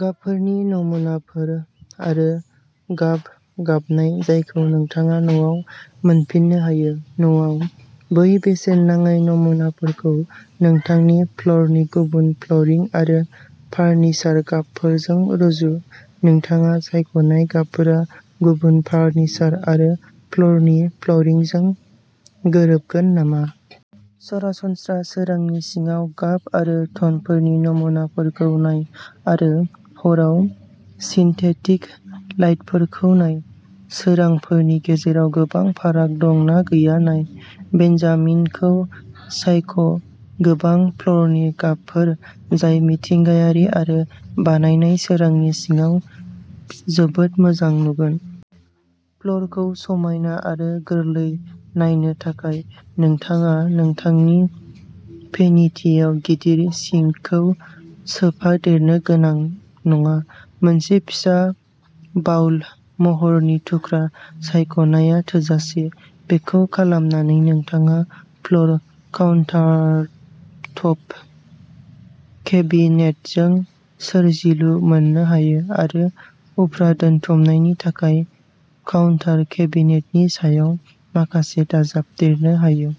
गाबफोरनि नमुनाफोर आरो गाब गाबनाय जायखौ नोंथाङा न'आव मोनफिन्नो हायो। न'आव, बै बेसेन नाङै नमुनाफोरखौ नोंथांनि फ्ल'रनि गुबुन फ्ल'रिं आरो फार्निचार गाबफोरजों रुजु। नोंथाङा सायख'नाय गाबफोरा गुबुन फार्निचार आरो फ्ल'रनि फ्ल'रिंजों गोरोबगोन नामा? सरासनस्रा सोरांनि सिङाव गाब आरो टनफोरनि नमुनाफोरखौ नाय आरो हराव सिन्थेटिक लाइटफोरखौ नाय। सोरांफोरनि गेजेराव गोबां फाराग दं ना गैया नाय। बेन्जामिनखौ सायख'गोबां फ्ल'रनि गाबफोर जाय मिथिंगायारि आरो बानायनाय सोरांनि सिङाव जोबोद मोजां नुगोन। फ्ल'रखौ समायना आरो गोरलै नायनो थाखाय, नोंथाङा नोंथांनि फेनिटियाव गिदिर सिंकखौ सोफादेरनो गोनां नङा। मोनसे फिसा बाउल महरनि थुख्रा सायख'नाया थोजासे। बेखौ खालामनानै नोंथाङा फ्ल'र काउन्टारटप केबिनेटजों सोरजिलु मोननो हायो आरो उफ्रा दोनथुमनायनि थाखाय काउन्टार केबिनेटनि सायाव माखासे दाजाबदेरनो हायो।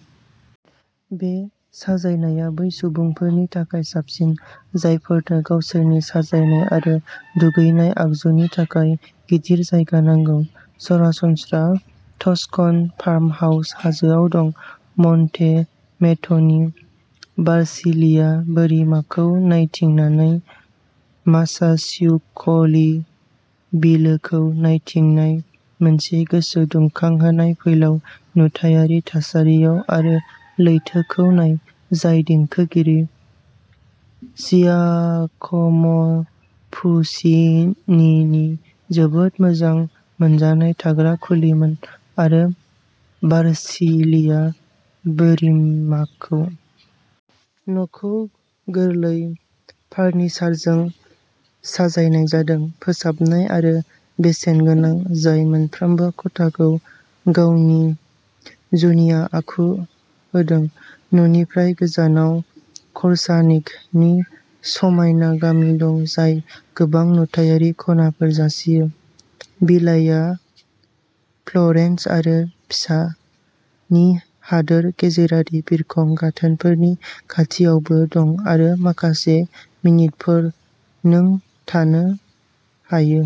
बे साजायनाया बै सुबुंफोरनि थाखाय साबसिन, जायफोरनो गावसोरनि साजायनाय आरो दुगैनाय आगजुनि थाखाय गिदिर जायगा नांगौ। सरासनस्रा टस्कन फार्महाउस, हाजोआव दं। मन्टे मेट'नि भार्सिलिया बोरिमाखौ नायथिंनानै, मासासिउक'लि बिलोखौ नायथिंनाय मोनसे गोसोदुंखांहोनाय फैलाव नुथायारि थासारियाव आरो लैथोखौ नाय, जाय देंखोगिरि जियाक'म'पुचिनीनि जोबोद मोजां मोनजानाय थाग्रा खुलिमोन, आरो भार्सिलिया बोरिमाखौ -- न'खौ गोरलै फार्निचारजों साजायनाय जादों, फोसाबनाय आरो बेसेनगोनां, जाय मोनफ्रोमबो खथाखौ गावनि जुनिया आखु होदों। न'निफ्राय गोजानाव क'र्सानिक'नि समायना गामि दं, जाय गोबां नुथायारि खनाफोर जासियो। भिलाया फ्लरेन्स आरो पिसा नि हादोर गेजेरारि बिरखं गाथोनफोरनि खाथियावबो दं आरो माखासे मिनिटफोर नों थानो हायो।